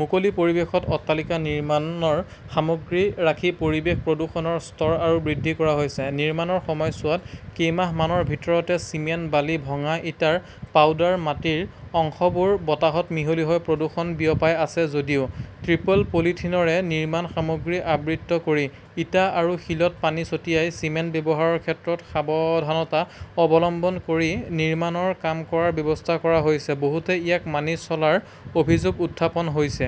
মুকলি পৰিৱেশত অট্টালিকা নিৰ্মাণৰ সামগ্ৰী ৰাখি পৰিৱেশ প্ৰদূষণৰ স্তৰ আৰু বৃদ্ধি কৰা হৈছে। নিৰ্মাণৰ সময়ছোৱাত কেইমাহমানৰ ভিতৰতে চিমেণ্ট-বালি-ভঙা ইটাৰ পাউডাৰ-মাটিৰ অংশবোৰ বতাহত মিহলি হৈ প্ৰদূষণ বিয়পাই আছে। যদিও ত্ৰিপল-পলিথিনৰে নিৰ্মাণ সামগ্ৰী আবৃত কৰি, ইটা আৰু শিলত পানী ছটিয়াই, চিমেণ্ট ব্যৱহাৰৰ ক্ষেত্ৰত সাৱধানতা অৱলম্বন কৰি নিৰ্মাণৰ কাম কৰাৰ ব্যৱস্থা কৰা হৈছে, বহুতে ইয়াক মানি চলাৰ অভিযোগ উত্থাপন হৈছে।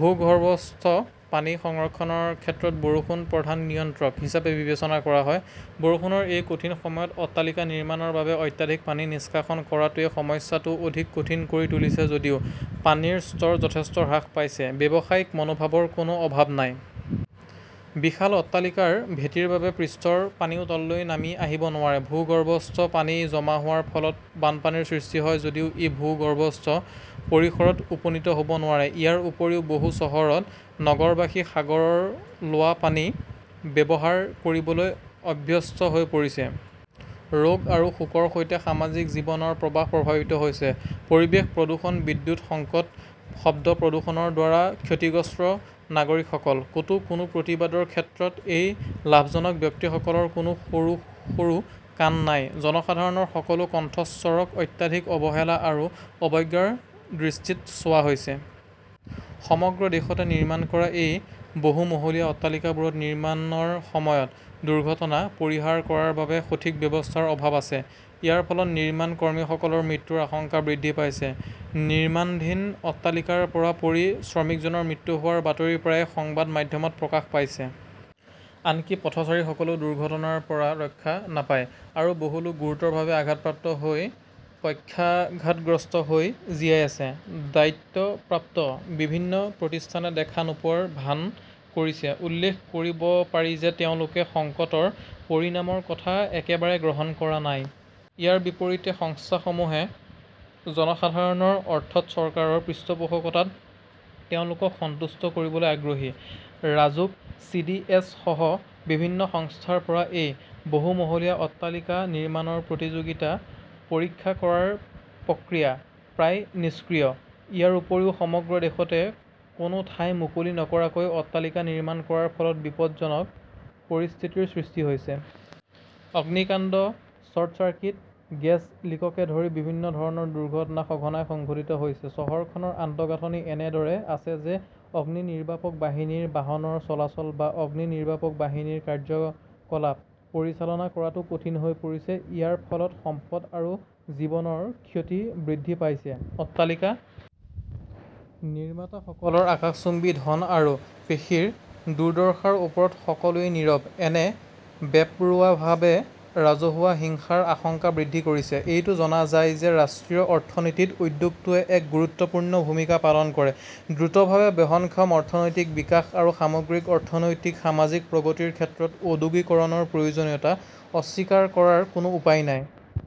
ভূগৰ্ভস্থ পানী সংৰক্ষণৰ ক্ষেত্ৰত বৰষুণ প্ৰধান নিয়ন্ত্ৰক হিচাপে বিবেচনা কৰা হয়। বৰষুণৰ এই কঠিন সময়ত অট্টালিকা নিৰ্মাণৰ বাবে অত্যাধিক পানী নিষ্কাশন কৰাটোৱে সমস্যাটো অধিক কঠিন কৰি তুলিছে। যদিও পানীৰ স্তৰ যথেষ্ট হ্ৰাস পাইছে, ব্যৱসায়িক মনোভাৱৰ কোনো অভাৱ নাই। বিশাল অট্টালিকাৰ ভেটিৰ বাবে পৃষ্ঠৰ পানীও তললৈ নামি আহিব নোৱাৰে। ভূগৰ্ভস্থ পানী জমা হোৱাৰ ফলত বানপানীৰ সৃষ্টি হয় যদিও ই ভূগৰ্ভস্থ পৰিসৰত উপনীত হ'ব নোৱাৰে। ইয়াৰ উপৰিও, বহু চহৰত নগৰবাসী সাগৰৰ লোৱা পানী ব্যৱহাৰ কৰিবলৈ অভ্যস্ত হৈ পৰিছে। ৰোগ আৰু শোকৰ সৈতে সামাজিক জীৱনৰ প্ৰবাহ প্ৰভাৱিত হৈছে। পৰিৱেশ প্ৰদূষণ-বিদ্যুৎ সংকট-শব্দ প্ৰদূষণৰ দ্বাৰা ক্ষতিগ্ৰস্ত নাগৰিকসকল। ক'তো কোনো প্ৰতিবাদৰ ক্ষেত্ৰত এই লাভজনক ব্যক্তিসকলৰ কোনো সৰু সৰু কাণ নাই। জনসাধাৰণৰ সকলো কণ্ঠস্বৰক অত্যাধিক অৱহেলা আৰু অৱজ্ঞাৰ দৃষ্টিত চোৱা হৈছে। সমগ্ৰ দেশতে নিৰ্মাণ কৰা এই বহুমহলীয়া অট্টালিকাবোৰত নিৰ্মাণৰ সময়ত দুৰ্ঘটনা পৰিহাৰ কৰাৰ বাবে সঠিক ব্যৱস্থাৰ অভাৱ আছে। ইয়াৰ ফলত নিৰ্মাণ কৰ্মীসকলৰ মৃত্যুৰ আশংকা বৃদ্ধি পাইছে। নিৰ্মাণধীন অট্টালিকাৰ পৰা পৰি শ্ৰমিকজনৰ মৃত্যু হোৱাৰ বাতৰি প্ৰায়ে সংবাদ মাধ্যমত প্ৰকাশ পাইছে। আনকি পথচাৰীসকলেও দুৰ্ঘটনাৰ পৰা ৰক্ষা নাপায়। আৰু বহু লোক গুৰুতৰভাৱে আঘাতপ্ৰাপ্ত হৈ পক্ষাঘাতগ্ৰস্ত হৈ জীয়াই আছে। দায়িত্বপ্ৰাপ্ত বিভিন্ন প্ৰতিষ্ঠানে দেখা নোপোৱাৰ ভান কৰিছে। উল্লেখ কৰিব পাৰি যে তেওঁলোকে সংকটৰ পৰিণামৰ কথা একেবাৰে গ্ৰহণ কৰা নাই। ইয়াৰ বিপৰীতে, সংস্থাসমূহে জনসাধাৰণৰ অৰ্থত চৰকাৰৰ পৃষ্ঠপোষকতাত তেওঁলোকক সন্তুষ্ট কৰিবলৈ আগ্ৰহী। ৰাজুক-চি. ডি. এছ. -সহ বিভিন্ন সংস্থাৰ পৰা এই বহুমহলীয়া অট্টালিকা নিৰ্মাণৰ উপযোগিতা পৰীক্ষা কৰাৰ প্ৰক্ৰিয়া প্ৰায় নিষ্ক্ৰিয়। ইয়াৰ উপৰিও, সমগ্ৰ দেশতে কোনো ঠাই মুকলি নকৰাকৈ অট্টালিকা নিৰ্মাণ কৰাৰ ফলত বিপদজনক পৰিস্থিতিৰ সৃষ্টি হৈছে। অগ্নিকাণ্ড, শ্বৰ্ট চাৰ্কিট, গেছ লিককে ধৰি বিভিন্ন ধৰণৰ দুৰ্ঘটনা সঘনাই সংঘটিত হৈছে। চহৰখনৰ আন্তঃগাঁথনি এনেদৰে আছে যে অগ্নিনিৰ্বাপক বাহিনীৰ বাহনৰ চলাচল বা অগ্নিনিৰ্বাপক বাহিনীৰ কাৰ্য্যকলাপ পৰিচালনা কৰাটো কঠিন হৈ পৰিছে। ইয়াৰ ফলত সম্পদ আৰু জীৱনৰ ক্ষতি বৃদ্ধি পাইছে। অট্টালিকা নিৰ্মাতাসকলৰ আকাশচুম্বী ধন আৰু পেশীৰ দুৰ্দশাৰ ওপৰত সকলোৱে নীৰৱ। এনে বেপৰোৱাভাৱে ৰাজহুৱা হিংসাৰ আশংকা বৃদ্ধি কৰিছে। এইটো জনা যায় যে ৰাষ্ট্ৰীয় অৰ্থনীতিত উদ্যোগটোৱে এক গুৰুত্বপূৰ্ণ ভূমিকা পালন কৰে। দ্ৰুতভাৱে বহনক্ষম অৰ্থনৈতিক বিকাশ আৰু সামগ্ৰিক অৰ্থনৈতিক-সামাজিক প্ৰগতিৰ ক্ষেত্ৰত ঔদ্যোগিকৰণৰ প্ৰয়োজনীয়তা অস্বীকাৰ কৰাৰ কোনো উপায় নাই।